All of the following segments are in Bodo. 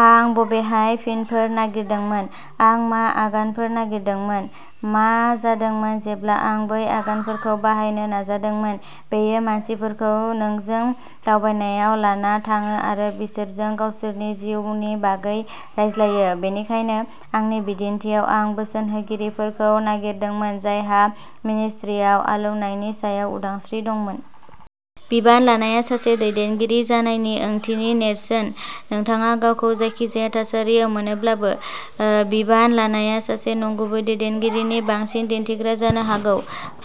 आं बबेहाय फिनफोर नागिरदोंमोन? आं मा आगानफोर नागिरदोंमोन? मा जादोंमोन जेब्ला आं बै आगानफोरखौ बाहायनो नाजादोंमोन? बेयो मानसिफोरखौ नोंजों दावबायनायाव लाना थाङो आरो बिसोरजों गावसोरनि जिउनि बागै रायज्लायो। बेनिखायनो, आंनि बिदिन्थिआव, "आं बोसोन होगिरिफोरखौ नागिरदोंमोन जायहा मिनिस्ट्रियाव आलौनायनि सायाव उदांस्रि दंमोन। बिबान लानाया सासे दैदेनगिरि जानायनि ओंथिनि नेरसोन, नोंथाङा गावखौ जायखिजाया थासारियाव मोनोब्लाबो। बिबान लानाया सासे नंगुबै दैदेनगिरिनि बांसिन दिन्थिग्रा जानो हागौ,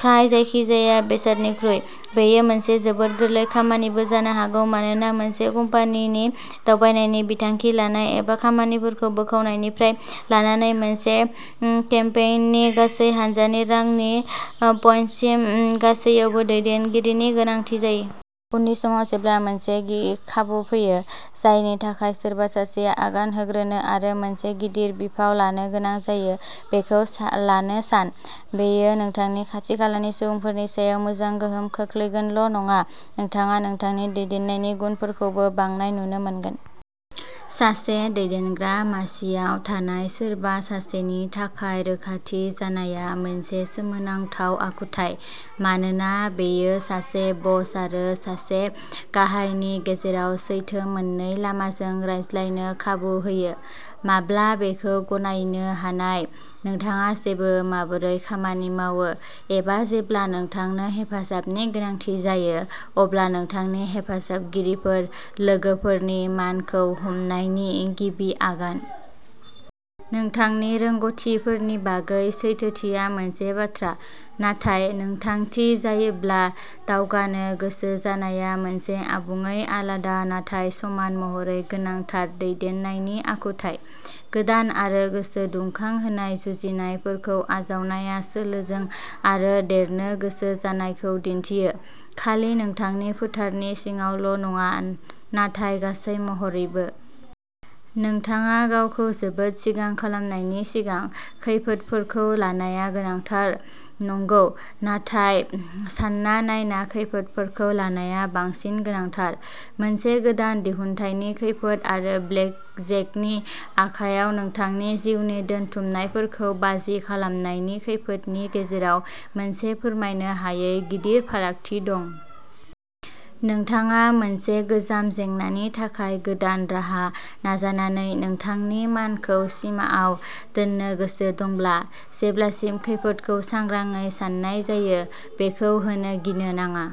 फ्राय जायखि-जाया बेसादनिख्रुइ। बेयो मोनसे जोबोद गोरलै खामानिबो जानो हागौ, मानोना मोनसे कम्पानिनि दावबायनायनि बिथांखि लानाय एबा खामानिफोरखौ बोखावनायनिफ्राय लानानै मोनसे केम्पेइननि गासै हानजानि रानिं पइन्टसिम गासैयावबो दैदेननायनि गोनांथि जायो। उननि समाव जेब्ला मोनसे खाबु फैयो, जायनि थाखाय सोरबा सासेआ आगान होग्रोनो आरो मोनसे गिदिर बिफाव लानो गोनां जायो, बेखौ लानो सान। बेयो नोंथांनि खाथि-खालानि सुबुंफोरनि सायाव मोजां गोहोम खोख्लैगोनल'नङा, नोंथाङा नोंथांनि दैदेननायनि गुनफोरखौबो बांनाय नुनो मोनगोन। सासे दैदेनग्रा मासियाव थानाय सोरबा सासेनि थाखाय रोखाथि जानाया मोनसे सोमोनांथाव आखुथाय, मानोना बेयो सासे बस आरो सासे गाहायनि गेजेराव सैथो मोननै-लामाजों रायज्लायनो खाबु होयो। माब्ला बेखौ गनायनो हानाय। नोंथाङा जेबो माबोरै खामानि मावो, एबा जेब्ला नोंथांनो हेफाजाबनि गोनांथि जायो, अब्ला नोंथांनि हेफाजाबगिरिफोर/लोगोफोरनि मानखौ हमनायनि गिबि आगान। नोंथांनि रोंग'थिफोरनि बागै सैथोथिया मोनसे बाथ्रा, नाथाय गोनांथि जायोब्ला दावगानो गोसो जानाया मोनसे आबुङै आलादा-नाथाय समान महरै गोनांथार-दैदेननायनि आखुथाय। गोदान आरो गोसोदुंखांहोनाय जुजिनायफोरखौ आजावनाया सोलोंनो आरो देरनो गोसो जानायखौ दिन्थियो, खालि नोंथांनि फोथारनि सिङावल'नङा, नाथाय गासै महरैबो। नोंथाङा गावखौ जोबोद सिगां खालामनायनि सिगां, खैफोदफोरखौ लानाया गोनांथार, नंगौ, नाथाय सानना नायना खैफोदफोरखौ लानाया बांसिन गोनांथार। मोनसे गोदान दिहुनथायनि खैफोद आरो ब्लेकजेकनि आखायाव नोंथांनि जिउनि दोनथुमनायफोरखौ बाजि खालामनायनि खैफोदनि गेजेराव मोनसे फोरमायनो हायै गिदिर फारागथि दं। नोंथाङा मोनसे गोजाम जेंनानि थाखाय गोदान राहा नाजानानै नोंथांनि मानखौ सिमाआव दोन्नो गोसो दंब्ला, जेब्लासिम खैफोदखौ सांग्राङै सान्नाय जायो, बेखौ होनो गिनो नाङा।